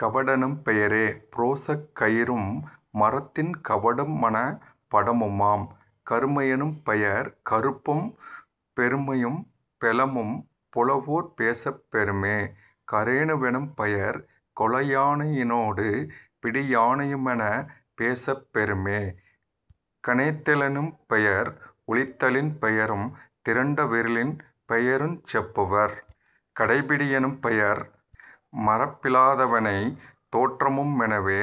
கவடெனும் பெயரே புரோசக் கயிறும் மரத்தின் கவடு மனக்க படமுமாம்..... கருமை யெனும்பெயர் கறுப்பும் பெருமையும் பெலமும் புலவோர் பேசப் பெறுமே..... கரேணு வெனும்பெயர் கொலையானை யினொடு பிடியா னையுமெனப் பேசப் பெறுமே..... கனைத்த லெனும்பெயர் ஒலித்தலின் பெயரும் திரண்ட விருளின் பெயருஞ் செப்புவர்..... கடைப்பிடி யெனும்பெயர் மறப்பிலா தவனும் தேற்றமு மெனவே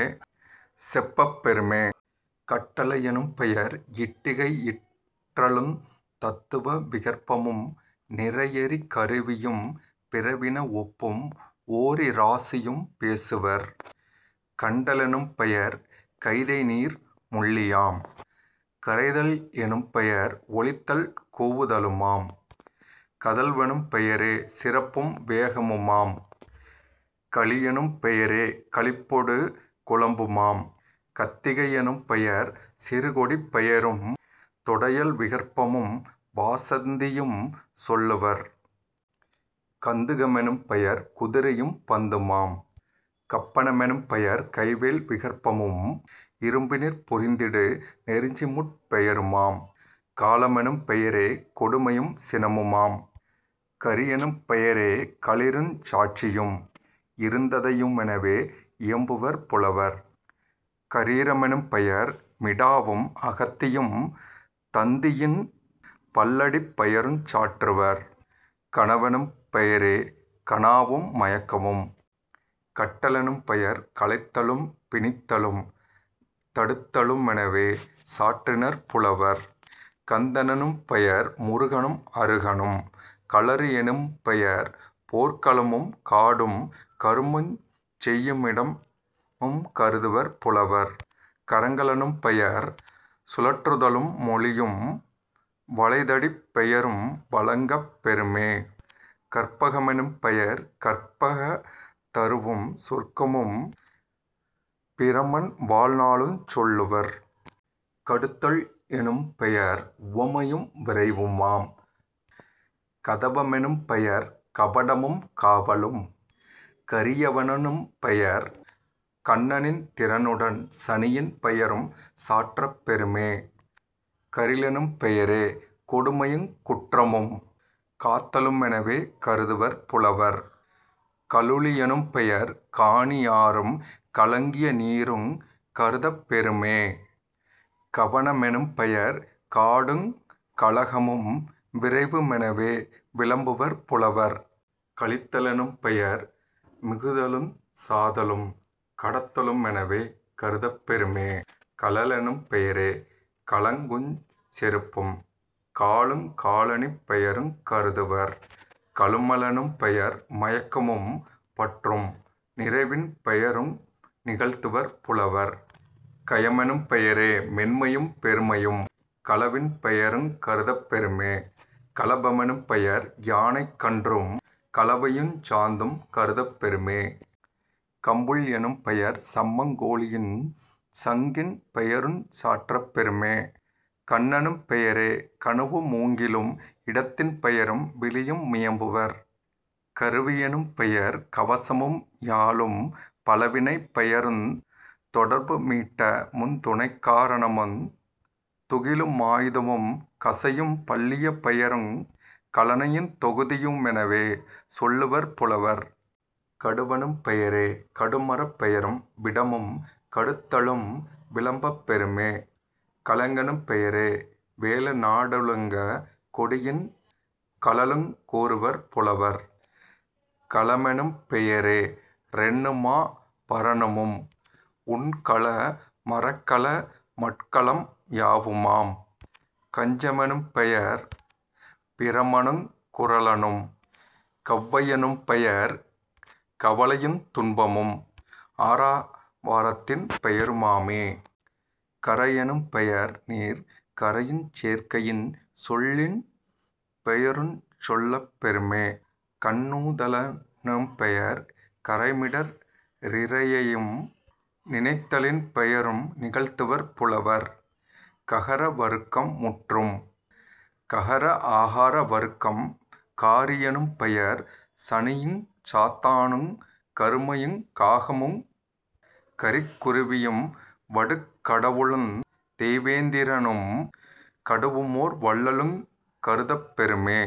செப்பப் பெறுமே..... கட்டளை யெனும்பெயர் இட்டிகை யியற்றலுந் தத்துவ விகற்பமு நிறையறி கருவியும் பிறவின ஒப்பும் ஓரிராசியும் பேசுவர்..... கண்ட லெனும்பெயர் கைதைநீர் முள்ளியாம்.... கரைதல் எனும்பெயர் ஒலித்தல் கூவுதலுமாம்..... கதழ்வெனும் பெயரே சிறப்பும் வேகமுமாம்..... களியெனும் பெயரே களிப்பொடு குழம்புமாம்..... கத்திகை யெனும் பெயர் சிறுகொடிப் பெயரும் தொடையல் விகற்பமும் வாசந்தியும் சொல்லுவர்..... கந்துக மெனும்பெயர் குதிரையும் பந்துமாம்..... கப்பண மெனும்பெயர் கைவேல் விகற்பமும் இரும்பினிற் புரிந்திடு நெருஞ்சிமுட் பெயருமாம்..... கலாமெனும் பெயரே கொடுமையும் சினமுமாம்.... கரியெனும் பெயரே களிறுஞ் சாட்சியும் இருந்தையு மெனவே யியம்புவர் புலவர்..... கரீர மெனும்பெயர் மிடாவும் அகத்தியும் தந்தியின் பல்லடிப் பெயருஞ் சாற்றுவர்..... கனவெனும் பெயரே கனாவு மயக்கமும்..... கட்ட லெனும்பெயர் களைதலும் பிணித்தலும் தடுத்தலு மெனவே சாற்றினர் புலவர்..... கந்த னெனும்பெயர் முருகனும் அருகனும்..... களரி யெனும்பெயர் போர்க்களமும் காடும் கருமஞ் செய்யிடமுங் கருதுவர் புலவர்..... கறங்க லெனும்பெயர் சுழற்றுதலு மொலியும் வளைதடிப் பெயரும் வழங்கப் பெறுமே..... கற்பக மெனும்பெயர் கற்பக தருவும் சொர்க்கமும் பிரமன் வாழ்நாளுஞ் சொல்லுவர்..... கடுத்தல் எனும்பெயர் உவமையும் விரைவுமாம்..... கதவ மெனும்பெயர்க் கபாடமும் காவலும்..... கரியவ னெனும்பெயர் கண்ணனிந் திரனுடன் சனியின் பெயரும் சாற்றப் பெறுமே..... கரிலெனும் பெயரே கொடுமையுங் குற்றமும் காழ்த்தலு மெனவே கருதுவர் புலவர்..... கலுழி யெனும்பெயர் கானி யாறும் கலங்கிய நீருங் கருதப் பெறுமே..... கவன மெனும்பெயர் காடுங் கலக்கமும் விரைவு மெனவே விளம்புவர் புலவர்.....। கழித்த லெனும்பெயர் மிகுதலுஞ் சாதலும் கடத்தலு மெனவே கருதப் பெறுமே..... கழலெனும் பெயரே கழங்குஞ் செருப்பும் காலுங் காலணிப் பெயருங் கருதுவர்..... கழும லெனும்பெயர் மயக்கமும் பற்றும் நிறைவின் பெயரு நிகழ்த்துவர் புலவர்..... கயமெனும் பெயரே மென்மையும் பெருமையும் களவின் பெயருங் கருதப் பெறுமே..... களப மெனும்பெயர் யானைக் கன்றும் கலவையுஞ் சாந்தும் கருதப் பெறுமே..... கம்புள் எனும்பெயர் சம்பங் கோழியுஞ் சங்கின் பெயருஞ் சாற்றப் பெறுமே..... கண்ணெனும் பெயரே கணுவு மூங்கிலும் இடத்தின் பெயரும் விழியு மியம்புவர்..... கருவி யெனும்பெயர் கவசமும் யாழும் பலவினைப் பெயருந் தொடர்பு மீட்டமுந் துணைக்கா ரணமுந் துகிலு மாயுதமும் கசையும் பல்லியப் பெயருங் கலணையுந் தொகுதியு மெனவே சொல்லுவர் புலவர்..... கடுவெனும் பெயரே கடுமரப் பெயரும் விடமும் கடுத்தலும் விளம்பப் பெறுமே..... கழங்கெனும் பெயரே வேல னாடலுங் கொடியின் கழலுங் கூறுவர் புலவர்..... கலமெனும் பெயரோ ரெண்ணுமா பரணமும் உண்கல மரக்கல மட்கலம் யாவுமாம்..... கஞ்ச னெனும்பெயர் பிரமனுங் குறளனும்..... கவ்வை யெனும்பெயர் கவலையுந் துன்பமும் ஆர வாரத்தின் பெயரு மாமே..... கரையெனும் பெயர்நீர்க் கரையுஞ் சேர்க்கையின் சொல்லின் பெயருஞ் சொல்லப் பெறுமே..... கண்ணுத லெனும்பெயர் கறைமிடற் றிறையையும் நினைத்தலின் பெயரு நிகழ்த்துவர் புலவர்..... ககர வருக்கம் முற்றும். ககர ஆகார வருக்கம் காரி யெனும்பெயர் சனியுஞ் சாத்தனுங் கருமையுங் காகமுங் கரிக்கு ருவியும் வடுகக் கடவுளுந் தெய்வேந் திரனும் கடுவுமோர் வள்ளலுங் கருதப் பெறுமே.